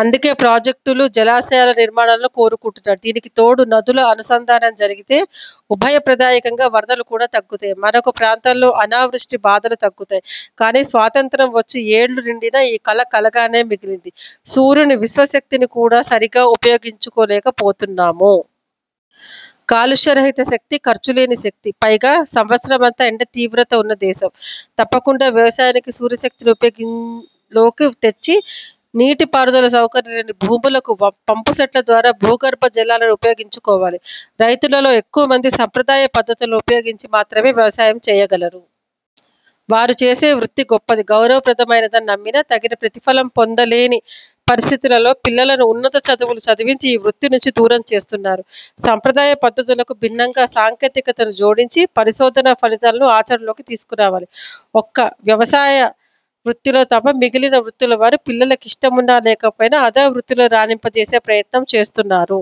అందుకే ప్రాజెక్టులు, జలాశయాల నిర్మాణాలను కోరుకుంటున్నాడు. దీనికి తోడు నదుల అనుసంధానం జరిగితే ఉభయ ప్రదాయకంగా వరదలు కూడా తగ్గుతాయి. మరొక ప్రాంతంలో అనావృష్ఠి బాధలు తగ్గుతాయి. కానీ స్వాతంత్ర్యం వచ్చి యేళ్ళు నిండినా ఈ కల కలగానే మిగిలింది. సూర్యుని విశ్వశక్తిని కూడా సరిగా ఉపయోగించుకోలేక పోతున్నాము. కాలుష్యరహిత శక్తి, ఖర్చులేని శక్తి. పైగా సంవత్సరమంతా ఎండ తీవ్రత ఉన్న దేశం. తప్పకుండా వ్యవసాయానికి సూర్యశక్తిని ఉపయోగంలోకి తెచ్చి నీటి పారుదల సౌకర్యం లేని భూములకు పంపుసెట్ల ద్వారా భూగర్భ జలాలను ఉపయోగించుకోవాలి. రైతులలో ఎక్కువ మంది సాంప్రదాయ పద్ధతులను ఉపయోగించి మాత్రమే వ్యవసాయం చెయ్యగలరు. వారు చేసే వృత్తి గొప్పది, గౌరవ ప్రదమైనదని నమ్మినా తగిన ప్రతిఫలం పొందలేని పరిస్ధితులలో పిల్లలను ఉన్నత చదువులు చదివించి ఈ వృత్తి నుంచి దూరం చేస్తున్నారు. సాంప్రదాయ పద్ధతులకు భిన్నంగా సాంకేతికతను జోడించి, పరిశోధనా ఫలితాలను ఆచరణలోకి తీసుకురావాలి. ఒక్క వ్యవసాయ వృత్తిలో తప్ప మిగిలిన వృత్తులవారు, పిల్లలకిష్టమున్నా లేకపోయినా అదే వృత్తిలో రాణింపజేసే ప్రయత్నం చేస్తున్నారు.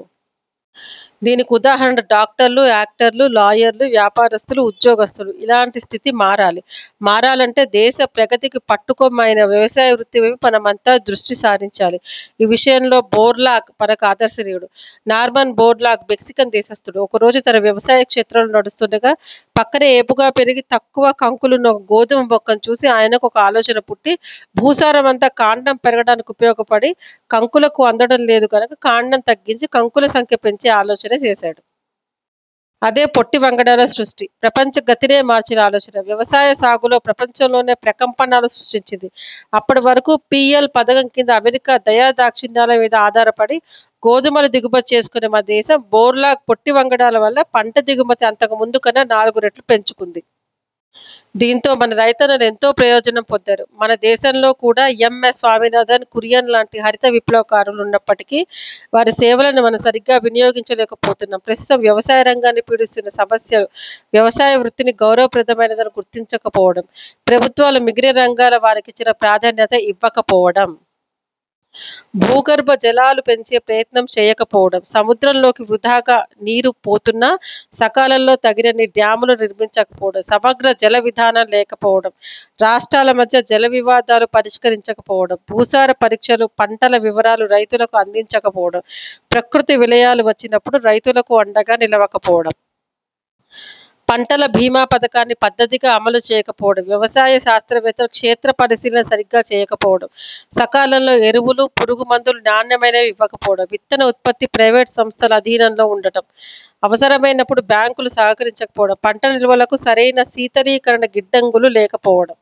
దీనికి ఉదాహరణ డాక్టర్లు, యాక్టర్లు, లాయర్లు, వ్యాపారస్తులు, ఉద్యోగస్తులు. ఇలాంటి స్థితి మారాలి. మారాలంటే దేశ ప్రగతికి పట్టుకొమ్మ అయిన వ్యవసాయ వృత్తి వైపు మనమంతా దృష్టిసారించాలి. ఈ విషయంలో బోర్లాగ్ మనకు ఆదర్శనీయుడు. నార్మన్ బోర్లాగ్ మెక్సికన్ దేశస్థుడు. ఒక రోజు తన వ్యవసాయ క్షేత్రంలో నడుస్తుండగా పక్కనే ఏపుగా పెరిగి తక్కువ కంకులున్న ఒక గోధుమ మొక్కను చూసి ఆయనకు ఒక ఆలోచన పుట్టి, భూసారమంతా కాండం పెరగటానికే ఉపయోగపడి కంకులకు అందటం లేదు గనుక కాండం తగ్గించి కంకుల సంఖ్య పెంచే ఆలోచన చేసాడు. అదే పొట్టి వంగడాల సృష్టి. ప్రపంచ గతినే మార్చిన ఆలోచన. వ్యవసాయ సాగులో ప్రపంచలోనే ప్రకంపనాలు సృష్టించింది. అప్పటివరకూ పీఎల్– పథకం కింద అమెరికా దయాదాక్షిణ్యాల మీద అధారపడి గోధుమలు దిగుమతి చేసుకునే మన దేశం బోర్లాగ్ పొట్టి వంగడాల వల్ల పంట దిగుమతి అంతకు ముందు కన్నా నాలుగురెట్లు పెంచుకుంది. దీంతో మన రైతన్నలు ఎంతో ప్రయోజనం పొందారు. మన దేశంలో కూడా యం. యస్. స్వామినాథన్, కురియన్ లాంటి హరిత విప్లవకారులు ఉన్నప్పటికీ వారిసేవలను మనం సరిగ్గా వినియోగించుకోలేకపోతున్నాం. ప్రస్తుతం వ్యవసాయరంగాన్ని పీడిస్తున్న సమస్యలు వ్యవసాయ వృత్తిని గౌరవ ప్రదమైనదని గుర్తించకపోవడం. ప్రభుత్వాలు మిగిలిన రంగాల వారికిచ్చిన ప్రాధాన్యత ఇవ్వకపోవడం. భూగర్భ జలాలు పెంచే ప్రయత్నం చేయకపోవడం. సముద్రంలోకి వృథాగా నీరు పోతున్నా సకాలంలో తగినన్ని డ్యామ్లు నిర్మించకపోవడం. సమగ్ర జల విధానం లేకపోవడం, రాష్ట్రాల మధ్య జలవివాదాలు పరిష్కరించకపోవడం. భూసార పరీక్షలు, పంటల వివరాలు రైతులకు అందించకపోవడం. ప్రకృతి విలయాలు వచ్చినప్పుడు రైతులకు అండగా నిలవకపోవడం. పంటల బీమా పథకాన్ని పద్ధతిగా అమలు చేయకపోవడం. వ్యవసాయ శాస్త్రవేత్తలు క్షేత్ర పరిశీలన సరిగా చేయకపోవడం. సకాలంలో ఎరువులు, పురుగు మందులు నాణ్యమైనవి ఇవ్వకపోవడం. విత్తన ఉత్పత్తి ప్రైవేటు సంస్థల ఆధీనంలో ఉండటం. అవసరమైనప్పుడు బ్యాంకులు సహకరించకపోవడం. పంట నిల్వలకు సరియైన శీతలీకరణ గిడ్డంగులు లేకపోవడం.